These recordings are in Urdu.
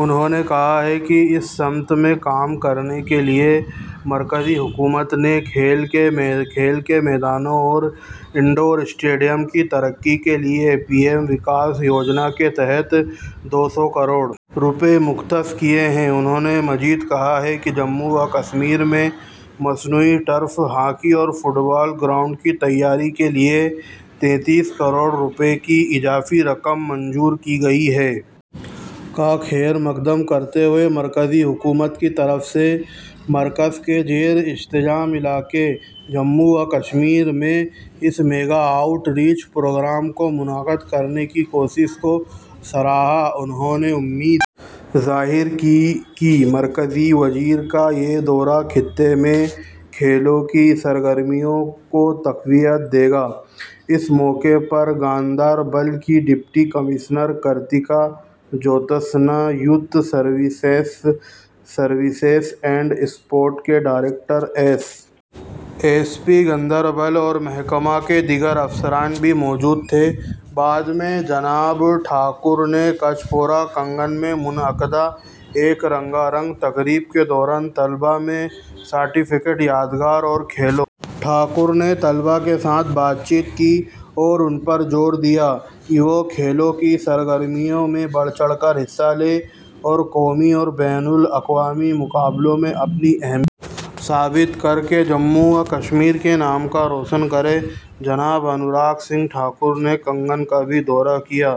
انہوں نے کہا کہ اس سمت میں کام کرنے کے لیے مرکزی حکومت نے کھیل کے میدانوں اور انڈور اسٹیڈیم کی ترقی کے لیے پی ایم وکاس یوجنا کے تحت دو سو کروڑ روپے مختص کیے ہیں انہوں نے مزید کہا کہ جموں و کشمیر میں مصنوعی ٹرف ہاکی اور فٹبال گراؤنڈز کی تیاری کے لیے تینتیس کروڑ روپے کی اضافی رقم منظور کی گئی ہے کا خیرمقدم کرتے ہوئے مرکزی حکومت کی طرف سے مرکز کے زیر انتظام علاقے جموں و کشمیر میں اس میگا آؤٹ ریچ پروگرام کو منعقد کرنے کی کوششوں کو سراہا انہوں نے امید ظاہر کی کہ مرکزی وزیر کا یہ دورہ خطے میں کھیلوں کی سرگرمیوں کو تقویت دے گا اس موقع پر گاندربل کی deputy commissioner Kritika Jyotsna youth services and sports کے director S S P Ganderbal اور محکمہ کے دیگر افسران بھی موجود تھے بعد میں جناب ٹھاکر نے کچ پورہ کنگن میں منعقدہ ایک رنگا رنگ تقریب کے دوران طلباء میں سرٹیفکیٹ یادگار اور کھیلوں ٹھاکر نے طلباء کے ساتھ بات چیت کی اور ان پر زور دیا کہ وہ کھیلوں کی سرگرمیوں میں بڑھ چڑھ کر حصہ لیں اور قومی اور بین الاقوامی مقابلوں میں اپنی اہمیت ثابت کر کے جموں و کشمیر کا نام روشن کریں جناب انوراگ سنگھ ٹھاکر نے کنگن کا بھی دورہ کیا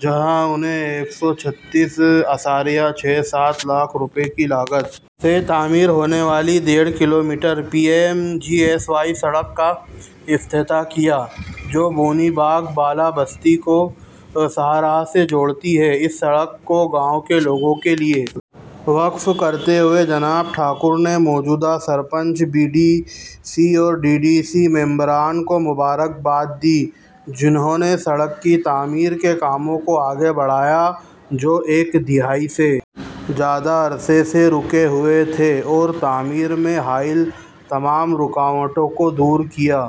جہاں انہوں نے ایک سو چھتیس اشاریہ چھ سات لاکھ روپے کی لاگت سے تعمیر ہونے والی ڈیڑھ kilometre P M G S Y سڑک کا افتتاح کیا جو بونی باغ بالا بستی کو شاہراہ سے جوڑتی ہے اس سڑک کو گاؤں کے لوگوں کے لیے وقف کرتے ہوئے جناب ٹھاکر نے موجودہ سرپنچ بی ڈی سی اور ڈی ڈی سی ممبران کو مبارکباد دی جنہوں نے سڑک کی تعمیر کے کاموں کو آگے بڑھایا جو ایک دہائی سے زیادہ عرصے سے رکے ہوئے تھے اور تعمیر میں حائل تمام رکاوٹوں کو دور کیا